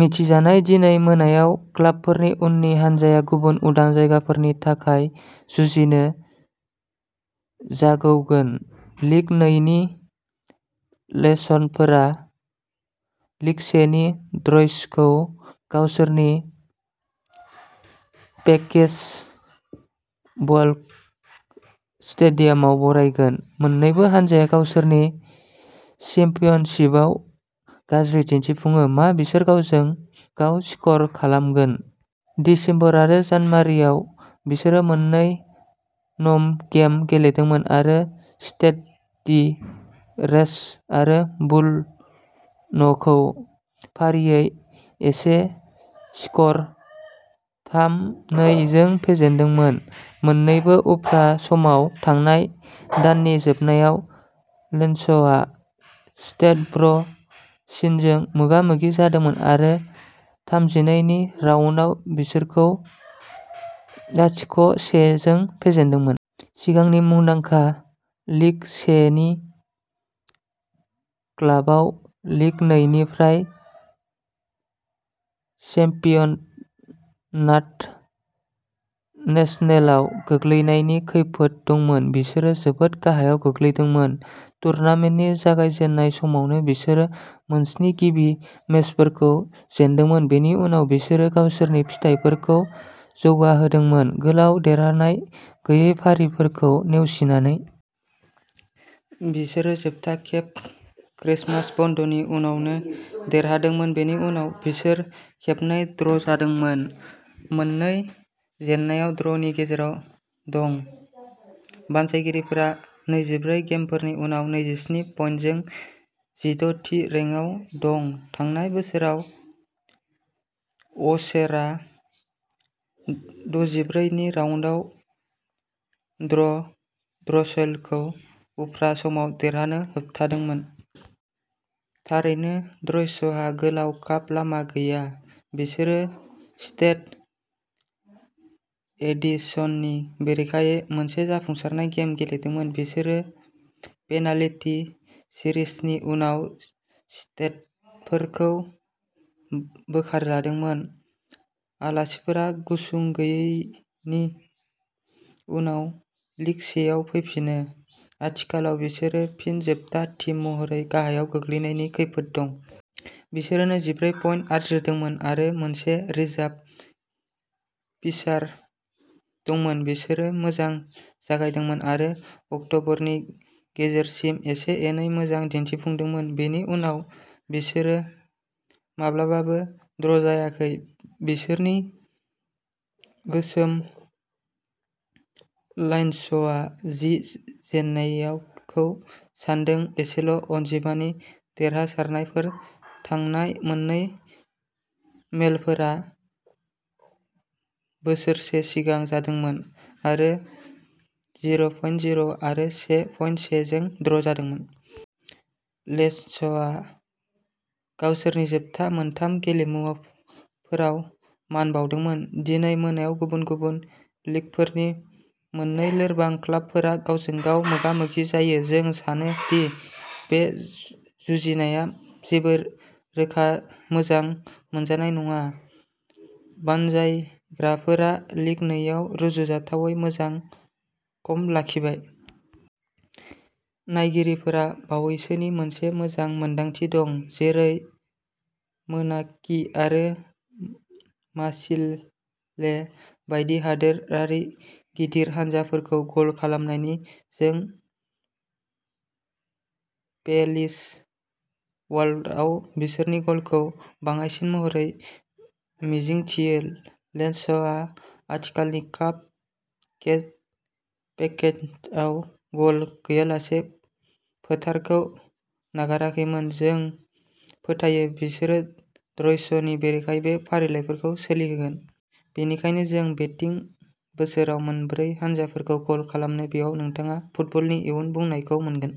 मिथिजानाय। दिनै मोनायाव क्लाबफोरनि उननि हानजाया गुबुन उदां जायगाफोरनि थाखाय जुजिनो जागौगोन। लिग, नै नि लेन्सफोरा लिग, से नि ट्रयसखौ गावसोरनि फेलिक्स ब'लार्ट स्टेडियामाव बरायगोन। मोन्नैबो हानजाया गावसोरनि चेम्पियनशिपआव गाज्रि दिन्थिफुङो। मा बिसोर गावजों-गाव स्क'र खालामगोन? दिसेम्बर आरो जानुवारिआव बिसोरो मोन्नै न'म गेम गेलेदोंमोन आरो स्टेड डी रेम्स आरो बुल'नखौ फारियै एखे स्क'र थाम:नै जों फेजेनदोंमोन। मोननैबो उफ्रा समाव। थांनाय दाननि जोबनायाव लेन्सआ स्टेड ब्र'चिनजों मोगा-मोगि जादोंमोन आरो थामजिनै नि राउन्डआव बिसोरखौ लाथिख:से जों फेजेनदोंमोन। सिगांनि मुंदांखा लिग, से नि क्लाबआ लिग, नै निफ्राय चेम्पियननाट नेशनेलआव गोग्लैनायनि खैफोद दंमोन। बिसोरो जोबोद गाहायाव गोग्लैदोंमोन। टुर्नामेन्टनि जागायजेन्नाय समावनो। बिसोरो मोनस्नि गिबि मेचफोरखौ जेनदोंमोन। बेनि उनाव बिसोरो गावसोरनि फिथाइफोरखौ जौगाहोदोंमोन, गोलाव देरहानाय गैयै फारिफोरखौ नेवसिनानै। बिसोरो जोबथा खेब क्रिसमास बन्दनि उनावनो देरहादोंमोन। बेनि उनाव बिसोर खेबनै ड्र'जादोंमोन। मोननै जेननाया ड्र'नि गेजेराव दं। बानजायगिरिफोरा नैजिब्रै गेमफोरनि उनाव नैजिसिन्नि पइन्टजों जिद'थि रेंकआव दं। थांनाय बोसोराव अक्सेरआ दजिब्रौ नि राउन्डआव ट्र'य्सखौ उफ्रा समाव देरहानानै होबथादोंमोन। थारैनो ट्र'य्सहा गोलाव काप लामा गैया। बिसोरो सेन्ट-एटिएननि बेरेखायै मोनसे जाफुंसार गेम गेलेदोंमोन। बिसोरो पेनाल्टि सिरिजनि उनाव सेन्टफोरखौ बोखारदोंमोन। आलासिफोरा गुसुं गैयैनि उनाव लिग, से आव फैफिनो। आथिखालाव बिसोरो फिन जोबथा टीम महरै गाहायाव गोग्लैनायनि खैफोद दं। बिसोरो नैजिब्रै पइन्ट आरजिदोंमोन आरो मोनसे रिजार्भ फिक्सार दंमोन। बिसोरो मोजां जागायदोंमोन आरो अक्ट'बरनि गेजेरसिम एसे-एनै मोजां दिन्थिफुंदोंमोन। बेनि उनाव बिसोरो माब्लाबाबो ड्र'जायाखै। बिसोरनि गोसोम लाइनआ जि जेननायखौ सान्दों। एसेल'अनजिमानि देरहानायफोर। थांनाय मोन्नै मेलफोरा बोसोरसे सिगां जादोंमोन आरो जिर:जिर आरो से, फयेन, से जों ड्र'जादोंमोन। लेन्सआ गावसोरनि जोबथा मोनथाम गेलेमुफोराव मान बावदोंमोन। दिनै मोनायाव गुबुन-गुबुन लीगफोरनि मोननै लोरबां क्लाबफोरा गावजों-गाव मोगा-मोगि जायो। जों सानो दि बे जुजिनाया जेबो रोखा मोजां मोनजानाय नङा। बानजायग्राफोरा लिग, नै आव रुजुथावनायै मोजां फर्म लाखिबाय। नायगिरिफोरा बावैसोनि मोनसे मोजां मोन्दांथि दं, जेरै मोनाको आरो मार्सिले बायदि हादोरारि गेदेर हानजाफोरखौ गल खालामनायनि। जों फेलिक्स ब'लार्टआव बिसोरनि गलखौ बाङाइसिन महरै मिजिंथियो। लेन्सआ आथिखालनि काप केम्पेइनआव गल गैयालासे फोथारखौ नागाराखैमोन। जों फोथायो, बिसोरो ट्र'य्सनि बेरेखायै बे फारिफोरखौ सोलिहोगोन। बेनिखायनो, जोंनि बेटिं बोसोनआ मोन्नैबो हानजाफोरखौ गल खालामनो। बेयाव नोंथाङा फुटबलनि इयुन बुंनायखौ मोनगोन।